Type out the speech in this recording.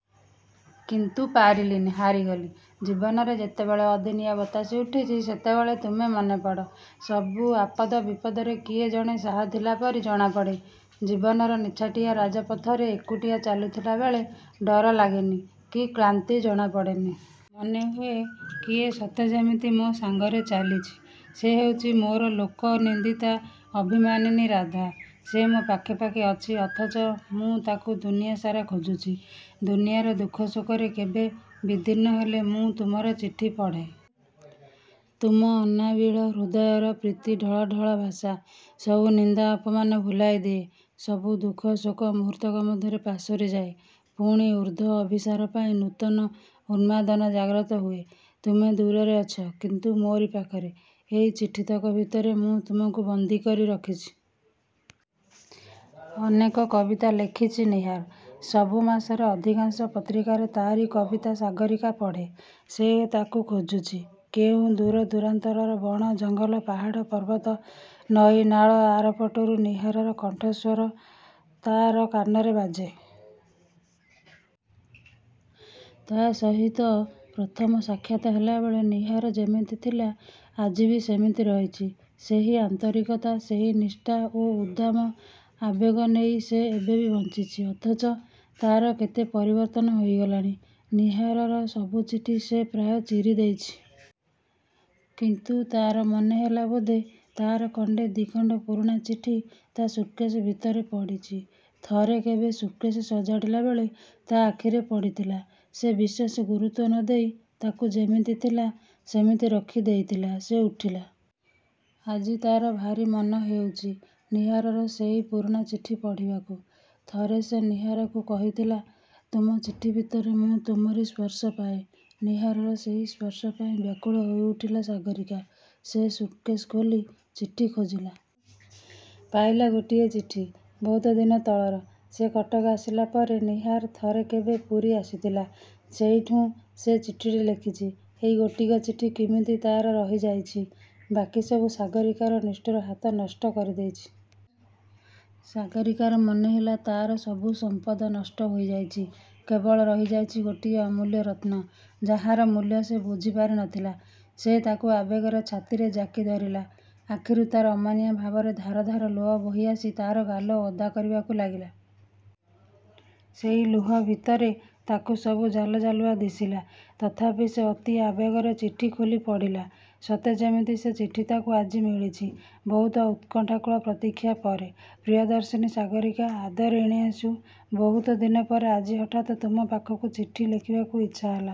କିନ୍ତୁ ପାରିଲିନି। ହାରିଗଲି। ଜୀବନରେ ଯେତେବେଳେ ଅଦିନିଆ ବତାସି ଉଠିଛି; ସେତେବେଳେ ତୁମେ ମନେ ପଡ଼। ସବୁ ଆପଦ ବିପଦରେ କିଏ ଜଣେ ସାହା ଥିଲା ପରି ଜଣାପଡ଼େ। ଜୀବନର ନିଛାଟିଆ ରାଜ ପଥରେ ଏକୁଟିଆ ଚାଲୁଥିଲା ବେଳେ ଡର ଲାଗେନି; କି କ୍ଳାନ୍ତି ଜଣା ପଡ଼େନି। ମନେହୁଏ କିଏ ସତେ ଯେମିତି ମୋ ସାଙ୍ଗରେ ଚାଲିଛି। ସେ ହେଉଛି ମୋର ଲୋକ–ନିନ୍ଦିତା, ଅଭିମାନିନୀ ରାଧା। ସେ ମୋ ପାଖେ ପାଖେ ଅଛି–ଅଥଚ ମୁଁ ତାକୁ ଦୁନିଆ ସାରା ଖୋଜୁଛି। ଦୁନିଆର ଦୁଃଖ ଶୋକରେ କେବେ ବିଦୀର୍ଣ୍ଣ ହେଲେ ମୁଁ ତୁମର ଚିଠି ପଢ଼େ। ତୁମ ଅନାବିଳ ହୃଦୟର ପ୍ରୀତି ଢଳ ଢଳ ଭାଷା; ସବୁ ନିନ୍ଦା ଅପମାନ ଭୁଲାଇ ଦିଏ। ସବୁ ଦୁଃଖ ଶୋକ ମୁହୂର୍ତ୍ତକ ମଧ୍ୟରେ ପାସୋରି ଯାଏ। ପୁଣି ଉର୍ଦ୍ଧ୍ୱ–ଅଭିସାର ପାଇଁ ନୂତନ ଉନ୍ମାଦନା ଜାଗ୍ରତ ହୁଏ। ତୁମେ ଦୂରରେ ଅଛ। କିନ୍ତୁ ମୋରି ପାଖରେ, ଏଇ ଚିଠିତକ ଭିତରେ ମୁଁ ତୁମକୁ ବନ୍ଦୀ କରି ରଖିଛି-। '' ଅନେକ କବିତା ଲେଖିଛି ନୀହାର। ସବୁ ମାସରେ ଅଧିକାଂଶ ପତ୍ରିକାରେ ତାରି କବିତା-। ସାଗରୀକା ପଢ଼େ। ସେ ତାକୁ ଖୋଜୁଛି। କେଉଁ ଦୂର ଦୂରାନ୍ତରର ବଣ ଜଙ୍ଗଲ, ପାହାଡ଼ ପର୍ବତ, ନଇ ନାଳ ଆର ପଟରୁ ନୀହାରର କଣ୍ଠ ସ୍ୱର ତା'ର କାନରେ ବାଜେ। ତା' ସହିତ ପ୍ରଥମ ସାକ୍ଷାତ ହେଲାବେଳେ ନୀହାର ଯେମିତି ଥିଲା; ଆଜି ବି ସେମିତି ରହିଛି। ସେହି ଆନ୍ତରିକତା, ସେଇ ନିଷ୍ଠା ଓ ଉବ୍ଦାମ ଆବେଗ ନେଇ ସେ ଏବେ ବି ବଞ୍ଚିଛି। ଅଥଚ ତା'ର କେତେ ପରିବର୍ତ୍ତନ ହୋଇଗଲାଣି-। ନୀହାରର ସବୁ ଚିଠି ସେ ପ୍ରାୟ ଚିରି ଦେଇଛି। କିନ୍ତୁ ତା'ର ମନେହେଲା ବୋଧେ ତା'ର ଖଣ୍ଡେ ଦି' ଖଣ୍ଡ ପୁରୁଣା ଚିଠି ତା' ସୁଟକେଶ ଭିତରେ ପଡ଼ିଚି। ଥରେ କେବେ ସୁଟକେଶ୍ ସଜାଡ଼ିଲା ବେଳେ ତା' ଆଖିରେ ପଡ଼ିଥିଲା। ସେ ବିଶେଷ ଗୁରୁତ୍ୱ ନଦେଇ ତାକୁ ଯେମିତି ଥିଲା, ସେମିତି ରଖି ଦେଇଥିଲା। ସେ ଉଠିଲା। ଆଜି ତା'ର ଭାରି ମନ ହେଉଛି–ନୀହାରର ସେଇ ପୁରୁଣା ଚିଠି ପଢ଼ିବାକୁ। ଥରେ ସେ ନୀହାରକୁ କହିଥିଲା–''ତୁମ ଚିଠି ଭିତରେ ମୁଁ ତୁମରି ସ୍ପର୍ଶ ପାଏ। '' ନୀହାରର ସେଇ ସ୍ପର୍ଶ ପାଇଁ ବ୍ୟାକୁଳ ହୋଇ ଉଠିଲା ସାଗରୀକା। ସେ ସୁଟକେଶ ଖୋଲି; ଚିଠି ଖୋଜିଲା। ପାଇଲା ଗୋଟିଏ ଚିଠି; ବହୁତ ଦିନ ତଳର। ସେ କଟକ ଆସିଲା ପରେ ନୀହାର ଥରେ କେବେ ପୁରୀ ଆସିଥିଲା। ସେଇଠୁଁ ସେ ଚିଠିଟି ଲେଖିଛି। ଏଇ ଗୋଟିକ ଚିଠି କିମିତି ତା'ର ରହି ଯାଇଛି। ବାକି ସବୁ ସାଗରୀକାର ନିଷ୍ଠୁର ହାତ ନଷ୍ଟ କରିଦେଇଛି। ସାଗରୀକାର ମନେହେଲା ତା'ର ସବୁ ସମ୍ପଦ ନଷ୍ଟ ହୋଇଯାଇଛି–କେବଳ ରହିଯାଇଛି ଗୋଟିଏ ଅମୂଲ୍ୟ ରତ୍ନ; ଯାହାର ମୂଲ୍ୟ ସେ ବୁଝିପାରି ନଥିଲା। ସେ ତାକୁ ଆବେଗରେ ଛାତିରେ ଜାକି ଧରିଲା–ଆଖିରୁ ତା'ର ଅମାନିଆଁ ଭାବରେ ଧାର ଧାର ଲୁହ ବୋହି ଆସି ତା'ର ଗାଲ ଓଦା କରିବାକୁ ଲାଗିଲା। ସେହି ଲୁହ ଭିତରେ ତାକୁ ସବୁ ଜାଲଜାଲୁଆ ଦିଶିଲା। ତଥାପି ସେ ଅତି ଆବେଗରେ ଚିଠି ଖୋଲି ପଢ଼ିଲା; ସତେ ଯେମିତି ସେ ଚିଠି ତାକୁ ଆଜି ମିଳିଛି; ବହୁ ଉତ୍କଣ୍ଠାକୁଳ ପ୍ରତୀକ୍ଷା ପରେ। ପ୍ରିୟଦର୍ଶିନୀ ସାଗରୀକା ଆଦରଣୀୟାଷୁ; ବହୁତ ଦିନ ପରେ ଆଜି ହଠାତ୍ ତୁମ ପାଖକୁ ଚିଠି ଲେଖିବାକୁ ଇଚ୍ଛା ହେଲା,